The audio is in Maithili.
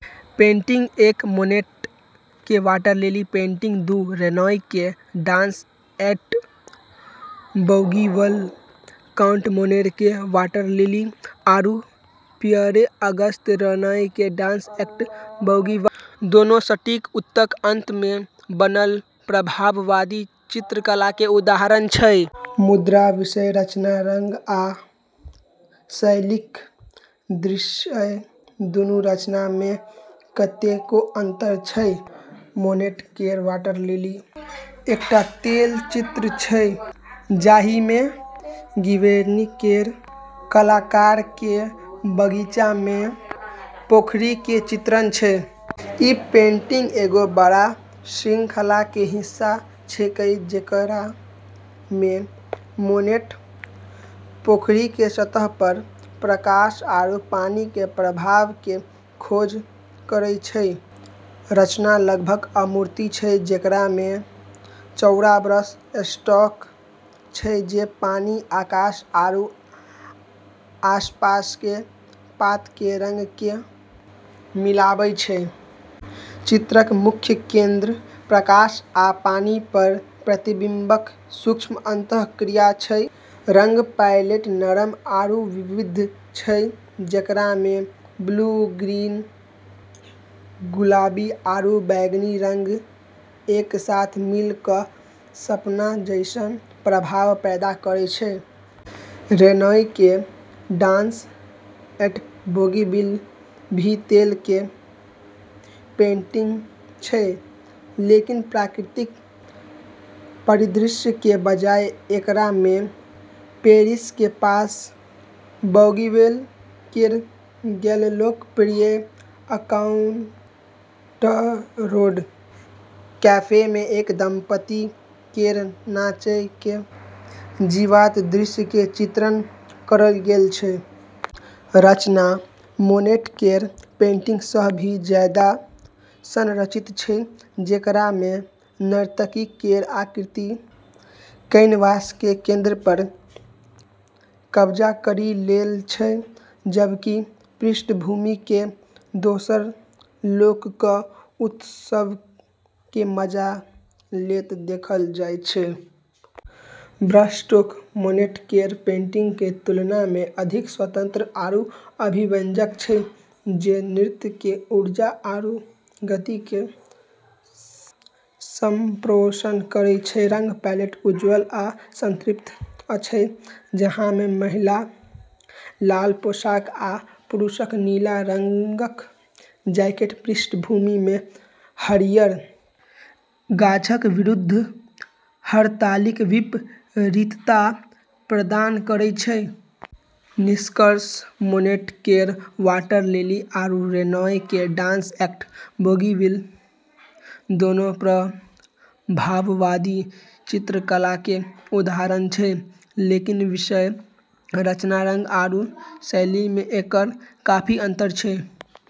पेंटिंग एक: मोनेट के "वाटर लिली" पेंटिंग दू: रेनॉय के "dance eight Bougival" Claude Monet केर "वाटर लिलीज" आरू पियरे-अगस्ट रेनॉय केर "डांस एट बौगिवल" दोनों उन्नैसम सदीक अंत मे बनल प्रभाववादी चित्रकला के उदाहरण छै। मुदा विषय, रचना, रंग आ शैलीक दृष्टिएँ दुनू रचना मे कतेको अंतर अछि। मोनेट केर "वाटर लिलीज" एक टा तेल चित्र छै जाहिमे गिवेर्नी केर कलाकार केर बगीचा मे पोखरी के चित्रण छै। ई पेंटिंग एगो बड़ श्रृंखला के हिस्सा छेकै, जेकरा मे मोनेट पोखरी के सतह पर प्रकाश आरू पानी के प्रभाव के खोज करै छै। रचना लगभग अमूर्त छै, जेकरा मे चौड़ा ब्रश स्ट्रोक छै जे पानी, आकाश आरू आसपास के पात के रंग के मिलाबै छै। चित्रक मुख्य केंद्र प्रकाश आ पानि पर प्रतिबिंबक सूक्ष्म अंतःक्रिया अछि। रंग पैलेट नरम आरू विविध छै, जेकरा मे ब्लू, ग्रीन, गुलाबी आरू बैंगनी रंग एक साथ मिल कऽ सपना जैसन प्रभाव पैदा करै छै। रेनॉय केर "डांस एट बौगिवल" भी तेल केर पेंटिंग छेकै, लेकिन प्राकृतिक परिदृश्य के बजाय, एकरा मे पेरिस के पास बौगिवल केर एगो लोकप्रिय आउटडोर कैफे मे एक दंपति केर नाचय के जीवंत दृश्य के चित्रण करल गेल छै। रचना मोनेट केर पेंटिंग सँ भी जादा संरचित छै, जेकरा मे नर्तकी केर आकृति कैनवास के केंद्र पर कब्जा करी लेल छै, जबकि पृष्ठभूमि मे दोसर लोग कऽ उत्सव के मजा लेत देखल जाय छै। ब्रशस्ट्रोक मोनेट केर पेंटिंग के तुलना मे अधिक स्वतंत्र आरू अभिव्यंजक छै, जे नृत्य के ऊर्जा आरू गति के संप्रेषण करै छै। रंग पैलेट उज्ज्वल आ संतृप्त अछि, जाहि मे महिलाक लाल पोशाक आ पुरुषक नील रंगक जैकेट पृष्ठभूमि मे हरियर गाछक विरुद्ध हड़ताली विपरीतता प्रदान करैत अछि। निष्कर्षतः मोनेट केर "वाटर लिलीज" आरू रेनॉय केर "डांस एट बौगिवल" दोनों प्रभाववादी चित्रकला के उदाहरण छै, लेकिन विषय, रचना, रंग आरू शैली में एकर काफी अंतर छै।